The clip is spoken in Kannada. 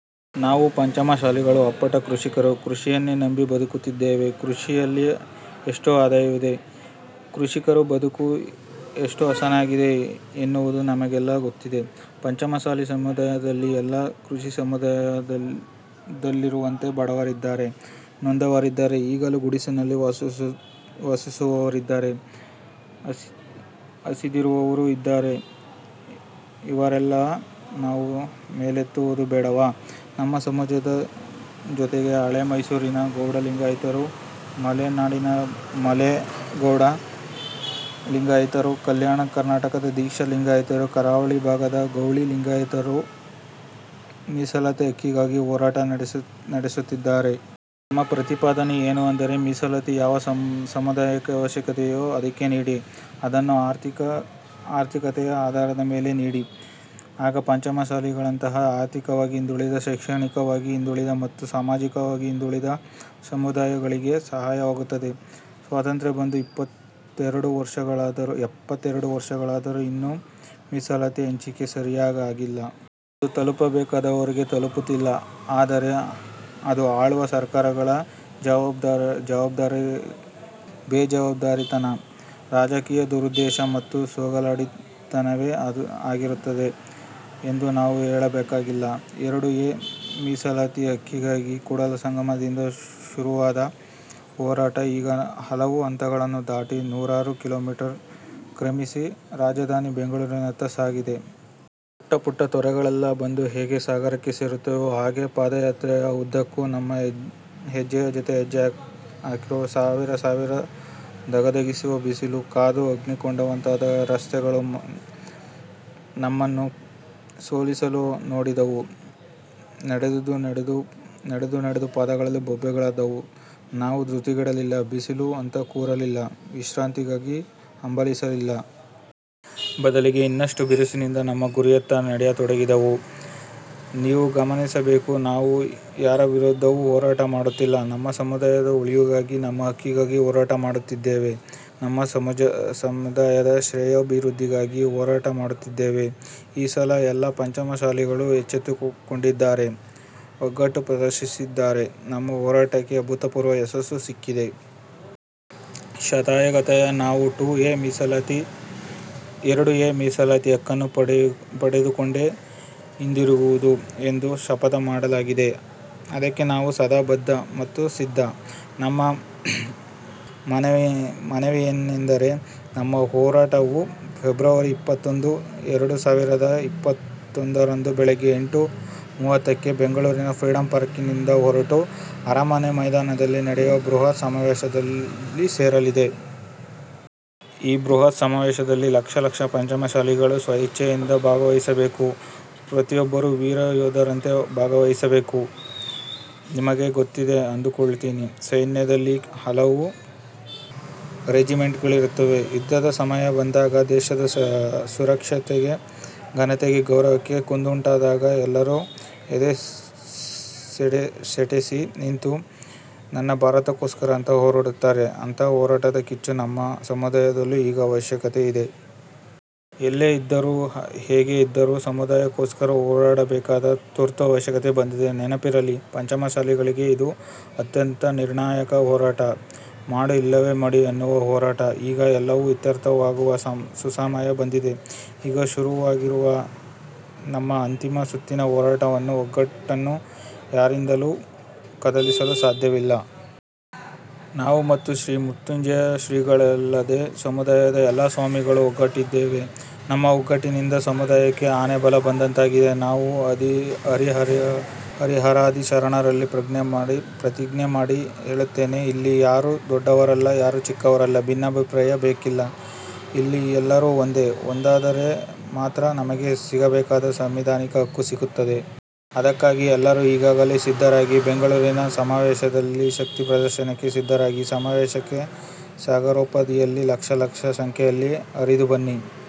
ನಾವು ಪಂಚಮಸಾಲಿಗಳು ಅಪ್ಪಟ ಕೃಷಿಕರು. ಕೃಷಿಯನ್ನೇ ನಂಬಿ ಬದುಕುತ್ತಿದ್ದೇವೆ. ಕೃಷಿಯಲ್ಲಿ ಎಷ್ಟುಆದಾಯವಿದೆ, ಕೃಷಿಕರ ಬದುಕು ಎಷ್ಟುಹಸನಾಗಿದೆ ಅನ್ನೋದು ನಿಮಗೆಲ್ಲಾ ಗೊತ್ತಿದೆ. ಪಂಚಮಸಾಲಿ ಸಮುದಾಯದಲ್ಲಿ ಎಲ್ಲಾ ಕೃಷಿ ಸಮುದಾಯದಲ್ಲಿರುವಂತೆ ಬಡವರಿದ್ದಾರೆ. ನೊಂದವರಿದ್ದಾರೆ. ಈಗಲೂ ಗುಡಿಸಿಲಿನಲ್ಲಿ ವಾಸಿಸುವವರಿದ್ದಾರೆ. ಹಸಿದಿರುವವರೂ ಇದ್ದಾರೆ. ಇವರನ್ನೆಲ್ಲಾ ನಾವು ಮೇಲೆತ್ತುವುದು ಬೇಡವಾ? ನಮ್ಮ ಸಮುದಾಯದ ಜೊತೆಗೆ ಹಳೇ ಮೈಸೂರಿನ ಗೌಡ ಲಿಂಗಾಯತರು, ಮಲೆನಾಡಿನ ಮಲೆಗೌಡ ಲಿಂಗಾಯತರು, ಕಲ್ಯಾಣ ಕರ್ನಾಟಕದ ದಿಕ್ಷಾ ಲಿಂಗಾಯತರು, ಕರಾವಳಿ ಭಾಗದ ಗೌಳಿ ಲಿಂಗಾಯತರು ಮೀಸಲಾತಿ ಹಕ್ಕಿಗಾಗಿ ಹೋರಾಡುತ್ತಿದ್ದಾರೆ. ನಮ್ಮ ಪ್ರತಿಪಾದನೆ ಏನು ಅಂದರೆ, ಮೀಸಲಾತಿ ಯಾವ ಸಮುದಾಯಕ್ಕೆ ಅವಶ್ಯವಿದೆಯೋ ಅದಕ್ಕೆ ನೀಡಿ. ಅದನ್ನು ಆರ್ಥಿಕತೆಯ ಆಧಾರದ ಮೇಲೆ ನೀಡಿ. ಆಗ ಪಂಚಮಸಾಲಿಗಳಂತಹ ಆರ್ಥಿಕವಾಗಿ ಹಿಂದುಳಿದ ಶೈಕ್ಷಣಿಕವಾಗಿ ಹಿಂದುಳಿದ ಮತ್ತು ಸಾಮಾಜಿಕವಾಗಿ ಹಿಂದುಳಿದ ಸಮುದಾಯಗಳಿಗೆ ಸಹಾಯ ಆಗುತ್ತದೆ. ಸ್ವಾತಂತ್ರ್ಯ ಬಂದು ಎಪ್ಪತ್ತೆರಡು ವರ್ಷಗಳಾದರೂ ಇನ್ನೂ ಮೀಸಲಾತಿ ಹಂಚಿಕೆ ಸರಿಯಾಗಿ ಆಗಿಲ್ಲ. ಅದು ತಲುಪಬೇಕಾದವರಿಗೆ ತಲುಪಿಲ್ಲ ಅಂದರೆ ಅದು ಆಳುವ ಸರ್ಕಾರಗಳ ಬೇಜವಾಬ್ದಾರಿತನ, ರಾಜಕೀಯ ದುರುದ್ದೇಶ ಮತ್ತು ಸೋಗಲಾಡಿತನವೇ ಆಗಿರುತ್ತದೆ ಎಂದು ನಾವು ಹೇಳಬೇಕಾಗಿಲ್ಲ. ಎರಡು ಎ ಮೀಸಲಾತಿ ಹಕ್ಕಿಗಾಗಿ ಕೂಡಲಸಂಗಮದಿಂದ ಶುರುವಾದ ಹೋರಾಟ ಈಗ ಹಲವು ಹಂತಗಳನ್ನು ದಾಟಿ, ನೂರಾರು ಕಿಲೋಮೀಟರ್ ಕ್ರಮಿಸಿ ರಾಜಧಾನಿ ಬೆಂಗಳೂರಿನತ್ತ ಸಾಗುತ್ತಿದೆ. ಪುಟ್ಟಪುಟ್ಟತೊರೆಗಳೆಲ್ಲಾ ಬಂದು ಹೇಗೆ ಸಾಗರಕ್ಕೆ ಸೇರುತ್ತವೋ ಹಾಗೆ ಪಾದಯಾತ್ರೆಯ ಉದ್ದಕ್ಕೂ ನಮ್ಮ ಹೆಜ್ಜೆಯ ಜೊತೆ ಹೆಜ್ಜೆ ಹಾಕಿದವರು ಸಾವಿರ ಸಾವಿರ. ಧಗಧಗಿಸುವ ಬಿಸಿಲು, ಕಾದು ಅಗ್ನಿಕುಂಡದಂತಾದ ರಸ್ತೆಗಳು ನಮ್ಮನ್ನು ಸೋಲಿಸಲು ನೋಡಿದವು. ನಡೆದು ನಡೆದು ಪಾದಗಳಲ್ಲಿ ಬೊಬ್ಬೆಗಳೆದ್ದವು. ನಾವು ಧೃತಿಗೆಡಲಿಲ್ಲ. ಬಿಸಿಲು ಅಂತ ಕೂರಲಿಲ್ಲ. ವಿಶ್ರಾಂತಿಗಾಗಿ ಹಂಬಲಿಸಲಿಲ್ಲ. ಬದಲಿಗೆ ಇನ್ನಷ್ಟುಬಿರುಸಿನಿಂದ ನಮ್ಮ ಗುರಿಯತ್ತ ನಡೆಯತೊಡಗಿದೆವು. ನೀವು ಗಮನಿಸಬೇಕು, ನಾವು ಯಾರ ವಿರುದ್ಧವೂ ಹೋರಾಟ ಮಾಡುತ್ತಿಲ್ಲ. ನಮ್ಮ ಸಮುದಾಯದ ಉಳಿವಿಗಾಗಿ ನಮ್ಮ ಹಕ್ಕಿಗಾಗಿ ಹೋರಾಟ ಮಾಡುತ್ತಿದ್ದೇವೆ. ನಮ್ಮ ಸಮುದಾಯದ ಶ್ರೇಯೋಭಿವೃದ್ಧಿಗಾಗಿ ಹೋರಾಟ ಮಾಡುತ್ತಿದ್ದೇವೆ. ಈ ಸಲ ಎಲ್ಲಾ ಪಂಚಮಸಾಲಿಗಳೂ ಎಚ್ಚತ್ತುಕೊಂಡಿದ್ದಾರೆ. ಒಗ್ಗಟ್ಟು ಪ್ರದರ್ಶಿಸಿದ್ದಾರೆ. ನಮ್ಮ ಹೋರಾಟಕ್ಕೆ ಅಭೂತಪೂರ್ವ ಯಶಸ್ಸು ಸಿಕ್ಕಿದೆ. ಶತಾಯಗತಾಯ ನಾವು ಎರಡು ಎ ಮೀಸಲಾತಿ ಹಕ್ಕನ್ನು ಪಡೆದುಕೊಂಡೇ ಹಿಂದಿರುಗುವುದು ಎಂದು ಶಪಥ ಮಾಡಲಾಗಿದೆ. ಅದಕ್ಕೆ ನಾವು ಸದಾ ಬದ್ಧ ಮತ್ತು ಸಿದ್ಧ. ನಮ್ಮ ಮನವಿಯೇನೆಂದರೆ, ನಮ್ಮ ಹೋರಾಟವು ಫೆಬ್ರವರಿ ಇಪ್ಪತ್ತೊಂದು, ಎರಡು ಸಾವಿರದ ಇಪ್ಪತ್ತೊಂದರಂದು ಬೆಳಗ್ಗೆ ಎಂಟು ಮೂವತ್ತಕ್ಕೆ ಬೆಂಗಳೂರಿನ ಫ್ರೀಡಂ ಪಾರ್ಕ್ನಿಂದ ಹೊರಟು ಅರಮನೆ ಮೈದಾನದಲ್ಲಿ ನಡೆಯುವ ಬೃಹತ್ ಸಮಾವೇಶದಲ್ಲಿ ಸೇರಲಿದೆ. ಈ ಬೃಹತ್ ಸಮಾವೇಶದಲ್ಲಿ ಲಕ್ಷಲಕ್ಷ ಪಂಚಮಸಾಲಿಗಳು ಸ್ವಇಚ್ಛೆಯಿಂದ ಭಾಗವಹಿಸಬೇಕು. ಪ್ರತಿಯೊಬ್ಬರೂ ವೀರ ಯೋಧರಂತೆ ಭಾಗವಹಿಸಬೇಕು. ನಿಮಗೆ ಗೊತ್ತಿದೆ ಅಂದುಕೊಳ್ತೀವಿ. ಸೈನ್ಯದಲ್ಲಿ ಹಲವು ರೆಜಿಮೆಂಟ್ಗಳಿರುತ್ತವೆ. ಯುದ್ಧದ ಸಮಯ ಬಂದಾಗ, ದೇಶದ ಸುರಕ್ಷತೆಗೆ ಘನತೆಗೆ ಗೌರವಕ್ಕೆ ಕುಂದುಂಟಾದಾಗ ಎಲ್ಲರೂ ಎದೆಸೆಟೆಸಿ ನಿಂತು ನನ್ನ ಭಾರತಕ್ಕೋಸ್ಕರ ಅಂತ ಹೋರಾಡುತ್ತಾರೆ. ಅಂಥ ಹೋರಾಟದ ಕಿಚ್ಚು ನಮ್ಮ ಸಮುದಾಯದಲ್ಲೂ ಈಗ ಅವಶ್ಯಕತೆ ಇದೆ. ಎಲ್ಲೇ ಇದ್ದರೂ ಹೇಗೆ ಇದ್ದರೂ ಸಮುದಾಯಕ್ಕೋಸ್ಕರ ಹೋರಾಡಬೇಕಾದ ತುರ್ತು ಅವಶ್ಯಕತೆ ಬಂದಿದೆ. ನೆನಪಿರಲಿ, ಪಂಚಮಸಾಲಿಗಳಿಗೆ ಇದು ಅತ್ಯಂತ ನಿರ್ಣಾಯಕ ಹೋರಾಟ. ಮಾಡು ಇಲ್ಲವೆ ಮಡಿ ಅನ್ನುವ ಹೋರಾಟ. ಈಗ ಎಲ್ಲವೂ ಇತ್ಯರ್ಥವಾಗುವ ಸುಸಮಯ ಬಂದಿದೆ. ಈಗ ಶುರುವಾಗಿರುವ ನಮ್ಮ ಅಂತಿಮ ಸುತ್ತಿನ ಹೋರಾಟವನ್ನು, ಒಗ್ಗಟ್ಟನ್ನು ಯಾರಿಂದಲೂ ಕದಲಿಸಲು ಸಾಧ್ಯವಿಲ್ಲ. ನಾವು ಮತ್ತು ಶ್ರೀ ಜಯಮೃತ್ಯುಂಜಯ ಶ್ರೀಗಳಲ್ಲದೆ ಸಮುದಾಯದ ಎಲ್ಲಾ ಸ್ವಾಮಿಗಳು ಒಗ್ಗಟ್ಟಾಗಿದ್ದೇವೆ. ನಮ್ಮ ಒಗ್ಗಟ್ಟಿನಿಂದ ಸಮುದಾಯಕ್ಕೆ ಆನೆ ಬಲ ಬಂದಂತಾಗಿದೆ. ನಾವು ಹರಿಹರಾದಿ ಶರಣರಲ್ಲಿ ಪ್ರತಿಜ್ಞೆ ಮಾಡಿ ಹೇಳುತ್ತೇವೆ, ಇಲ್ಲಿ ಯಾರೂ ದೊಡ್ಡವರಲ್ಲ. ಯಾರೂ ಚಿಕ್ಕವರಲ್ಲ. ಭಿನ್ನಾಭಿಪ್ರಾಯ ಬೇಕಿಲ್ಲ. ಇಲ್ಲಿ ಎಲ್ಲರೂ ಒಂದೆ. ಒಂದಾದರೆ ಮಾತ್ರ ನಮಗೆ ಸಿಗಬೇಕಾದ ಸಾಂವಿಧಾನಿಕ ಹಕ್ಕು ಸಿಗುತ್ತದೆ. ಅದಕ್ಕಾಗಿ ಎಲ್ಲರೂ ಈಗಲೇ ಸಿದ್ಧರಾಗಿ. ಬೆಂಗಳೂರಿನ ಸಮಾವೇಶದಲ್ಲಿ ಶಕ್ತಿ ಪ್ರದರ್ಶನಕ್ಕೆ ಸಿದ್ಧರಾಗಿ. ಸಮಾವೇಶಕ್ಕೆ ಸಾಗರೋಪಾದಿಯಲ್ಲಿ ಲಕ್ಷ ಲಕ್ಷ ಸಂಖ್ಯೆಯಲ್ಲಿ ಹರಿದುಬನ್ನಿ.